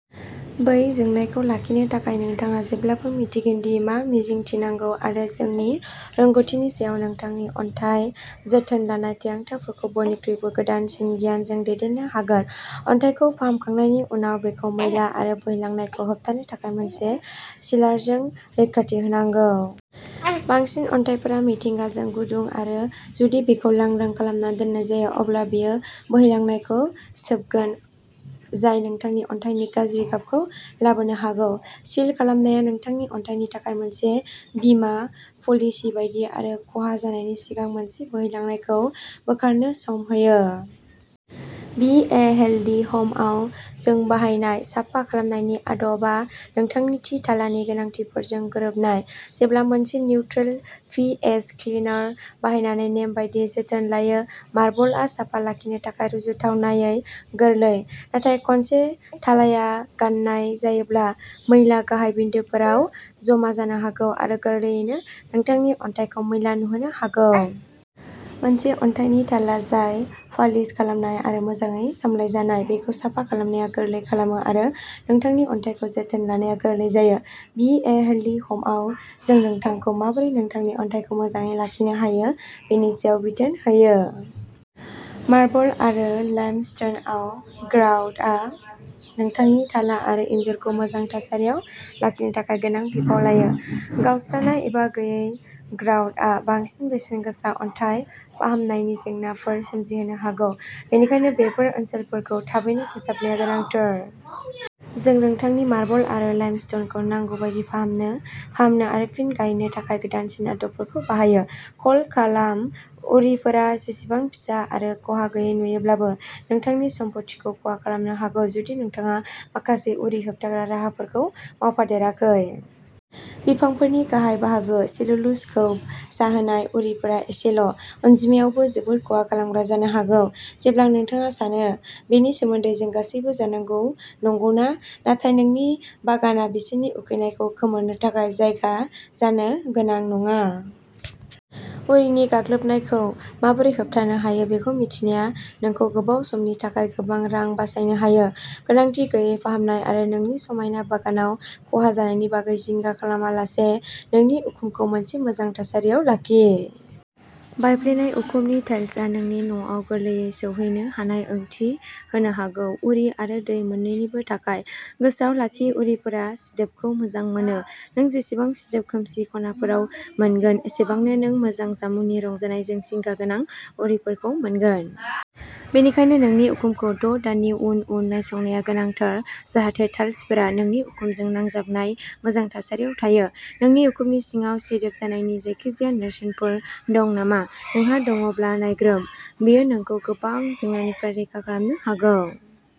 बै जोंनायखौ लाखिनो थाखाय नोंथाङा जेब्लाबो मिन्थिगोन दि मा मिजिंथिनांगौ आरो जोंनि रोंग'थिनि सायाव नोंथांनि अन्थाइ जोथोन लानाय थिरांथाफोरखौ बयनिख्रुइबो गोदानसिन गियानजों दैदेननो हागोन। अन्थाइखौ फाहामखांनायनि उनाव, बेखौ मैला आरो बोहैलांनायखौ होबथानो थाखाय मोनसे सिलारजों रैखाथि होनांगौ। बांसिन अन्थाइफोरा मिथिंगाजों गुदुं आरो, जुदि बेखौ लांदां खालामना दोननाय जायो, अब्ला बेयो बोहैलांनायखौ सोबगोन जाय नोंथांनि अन्थाइनि गाज्रि गाबखौ लाबोनो हागौ। सिल खालामनाया नोंथांनि अन्थाइनि थाखाय मोनसे बीमा पलिसि बायदि आरो खहा जानायनि सिगां मोनसे बोहैलांनायखौ बोखारनो सम होयो। बि ए हेल्दी ह'मआव, जों बाहायनाय साफा खालामनायनि आदबा नोंथांनि थि थालानि गोनांथिफोरजों गोरोबनाय। जेब्ला मोनसे निउट्रेल पि एइच क्लिनार बाहायनानै नेमबादियै जोथोन लायो, मार्बलआ साफा लाखिनो थाखाय रुजुथावनायै गोरलै। नाथाय खनसे थालाया गाननाय जायोब्ला, मैलाया गाहाय बिन्दोफोराव जमा जानो हागौ आरो गोरलैयैनो नोंथांनि अन्थाइखौ मैला नुहोनो हागौ। मोनसे अन्थाइनि थाला जाय पालिश खालामनाय आरो मोजाङै सामलायजानाय, बेखौ साफा खालामनाया गोरलै खालामो आरो नोंथांनि अन्थाइखौ जोथोन लानाया गोरलै जायो। बि ए हेल्दी ह'मआव, जों नोंथांखौ माबोरै नोंथांनि अन्थाइखौ मोजाङै लाखिनो हायो बेनि सायाव बिथोन होयो। मार्बल आरो लाइमस्टनआव ग्राउटआ नोंथांनि थाला आरो इनजुरखौ मोजां थासारियाव लाखिनो थाखाय गोनां बिफाव लायो। गावस्रानाय एबा गैयै ग्राउटआ बांसिन बेसेन गोसा अन्थाइ फाहामनायनि जेंनाफोर सोमजिहोनो हागौ। बेनिखायनो बेफोर ओनसोलफोरखौ थाबैनो फोसाबनाया गोनांथार। जों नोंथांनि मार्बल आरो लाइमस्टनखौ नांगौ बायदि फाहामनो। फाहामनो आरो फिन गायनो थाखाय गोदानसिन आदबफोरखौ बाहायो। कल खालाम उरिफोरा, जेसेबां फिसा आरो खहा गैयै नुयोब्लाबो, नोंथांनि सम्फथिखौ खहा खालामनो हागौ। जुदि नोंथाङा माखासे उरि होबथाग्रा राहाफोरखौ मावफादेराखै। बिफांफोरनि गाहाय बाहागो सेलुलुजखौ जाहोनाय उरिफोरा एसेल' अनजिमायावबो जोबोद खहा खालामग्रा जानो हागौ। जेब्ला नोंथाङा सानो। बेनि सोमोन्दै, जों गासैबो जानांगौ, नंगौना? नाथाय, नोंनि बागाना बिसोरनि उखैनायखौ खोमोरनो थाखाय जायगा जानो गोनां नङा। उरिनि गाग्लोबनायखौ माबोरै होबथानो हायो बेखौ मिन्थिनाया नोंखौ गोबाव समनि थाखाय गोबां रां बासायनो हायो। गोनांथि गैयै फाहामनाय आरो नोंनि समायना बागानाव खहा जानायनि बागै जिंगा खालामालासे नोंनि उखुमखौ मोनसे मोजां थासारियाव लाखि। बायफ्लेनाय उखुमनि टाइल्सआ नोंनि न'आव गोरलैयै सौहैनो हानाय ओंथि होनो हागौ, उरि आरो दै मोननैनिबो थाखाय। गोसोआव लाखि, उरिफोरा सिदोबखौ मोजां मोनो। नों जेसेबां सिदोब खोमसि खनाफोराव मोनगोन, एसेबांनो नों मोजां जामुंनि रंजानायजों जिंगा गोनां उरिफोरखौ मोनगोन। बेनिखायनो नोंनि उखुमखौ द' दाननि उन उन नायसंनाया गोनांथार जाहाथे टाइल्सफोरा नोंनि उखुमजों नांजाबनाय मोजां थासारियाव थायो। नोंनि उखुमनि सिङाव सिदोब जानायनि जायखिजाया नेरसोनफोर दं नामा? नोंहा दङब्ला नायग्रोम। बेयो नोंखौ गोबां जेंनाफोरनिफ्राय रैखा खालामनो हागौ।